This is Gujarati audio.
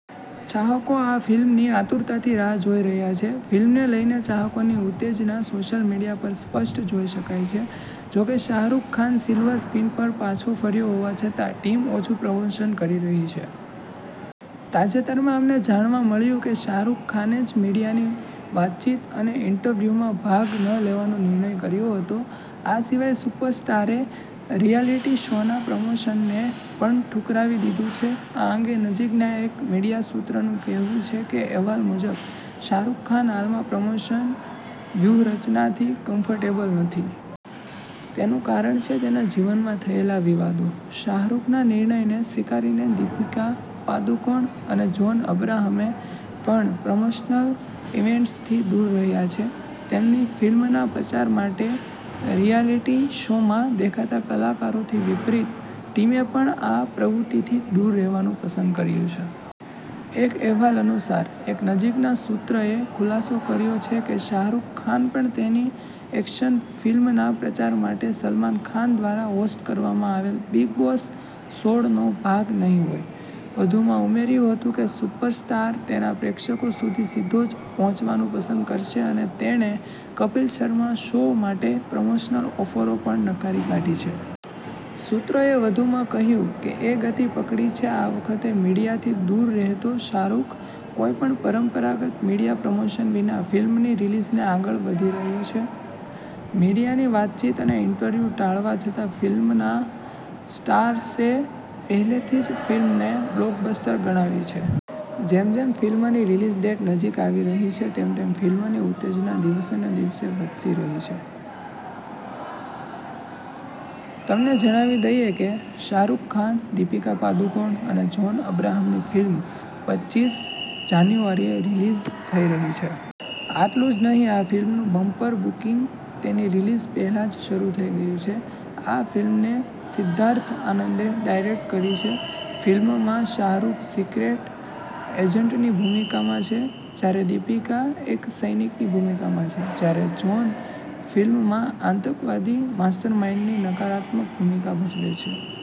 ચાહકો આ ફિલ્મની આતુરતાથી રાહ જોઈ રહ્યા છે. ફિલ્મને લઈને ચાહકોની ઉત્તેજના સોશિયલ મીડિયા પર સ્પષ્ટ જોઈ શકાય છે. જો કે, શાહરૂખ ખાન સિલ્વર સ્ક્રીન પર પાછો ફર્યો હોવા છતાં, ટીમ ઓછુ પ્રમોશન કરી રહી છે. તાજેતરમાં અમને જાણવા મળ્યું કે શાહરૂખ ખાને જ મીડિયાની વાતચીત અને ઇન્ટરવ્યુમાં ભાગ ન લેવાનો નિર્ણય કર્યો હતો. આ સિવાય સુપરસ્ટારે રિયાલિટી શોના પ્રમોશનને પણ ઠુકરાવી દીધું છે. આ અંગે નજીકના એક મીડિયા સૂત્રનું કહેવું છે કે અહેવાલ મુજબ, શાહરૂખ ખાન હાલમાં પ્રમોશન વ્યૂહરચનાથી કમ્ફર્ટેબલ નથી. તેનું કારણ છે તેના જીવનમાં થયેલા વિવાદો. શાહરૂખના નિર્ણયને સ્વીકારીને દીપિકા પાદુકોણ અને જોન અબ્રાહમે પણ પ્રમોશનલ ઈવેન્ટ્સથી દૂર રહ્યા છે. તેમની ફિલ્મના પ્રચાર માટે રિયાલિટી શોમાં દેખાતા કલાકારોથી વિપરીત, ટીમે પણ આ પ્રવૃત્તિથી દૂર રહેવાનું પસંદ કર્યું છે. એક અહેવાલ અનુસાર, એક નજીકના સૂત્રએ ખુલાસો કર્યો છે કે શાહરૂખ ખાન પણ તેની એક્શન ફિલ્મના પ્રચાર માટે સલમાન ખાન દ્વારા હોસ્ટ કરવામાં આવેલ બિગ બોસ સોડનો ભાગ નહીં હોય. વધુમાં ઉમેર્યું હતું કે સુપરસ્ટાર તેના પ્રેક્ષકો સુધી સીધો જ પહોંચવાનું પસંદ કરશે અને તેણે કપિલ શર્મા શો માટે પ્રમોશનલ ઑફરો પણ નકારી કાઢી છે. સૂત્રએ વધુમાં કહ્યું કે એ ગતિ પકડી છે આ વખતે મીડિયાથી દૂર રહેતો શાહરૂખ. કોઈપણ પરંપરાગત મીડિયા પ્રમોશન વિના ફિલ્મની રિલીઝને આગળ વધી રહ્યો છે. મીડિયાની વાતચીત અને ઇન્ટરવ્યુ ટાળવા છતાં ફિલ્મના સ્ટાર્સે પહેલાથી જ ફિલ્મને બ્લોકબસ્ટર ગણાવી છે. જેમ જેમ ફિલ્મની રિલીઝ ડેટ નજીક આવી રહી છે તેમ તેમ ફિલ્મની ઉત્તેજના દિવસેને દિવસે વધી રહી છે. તમને જણાવી દઈએ કે, શાહરૂખ ખાન, દીપિકા પાદુકોણ અને જોન અબ્રાહમની ફિલ્મ પચીસ જાન્યુઆરીએ રિલીઝ થઈ રહી છે. આટલું જ નહીં આ ફિલ્મનું બમ્પર બુકિંગ તેની રિલીઝ પહેલા જ શરૂ થઈ ગયું છે. આ ફિલ્મને સિદ્ધાર્થ આનંદે ડાયરેક્ટ કરી છે. ફિલ્મમાં શાહરૂખ સિક્રેટ એજન્ટની ભૂમિકામાં છે, જ્યારે દીપિકા એક સૈનિકની ભૂમિકામાં છે ,જ્યારે જ્હોન ફિલ્મમાં આતંકવાદી માસ્ટરમાઇન્ડની નકારાત્મક ભૂમિકા ભજવે છે.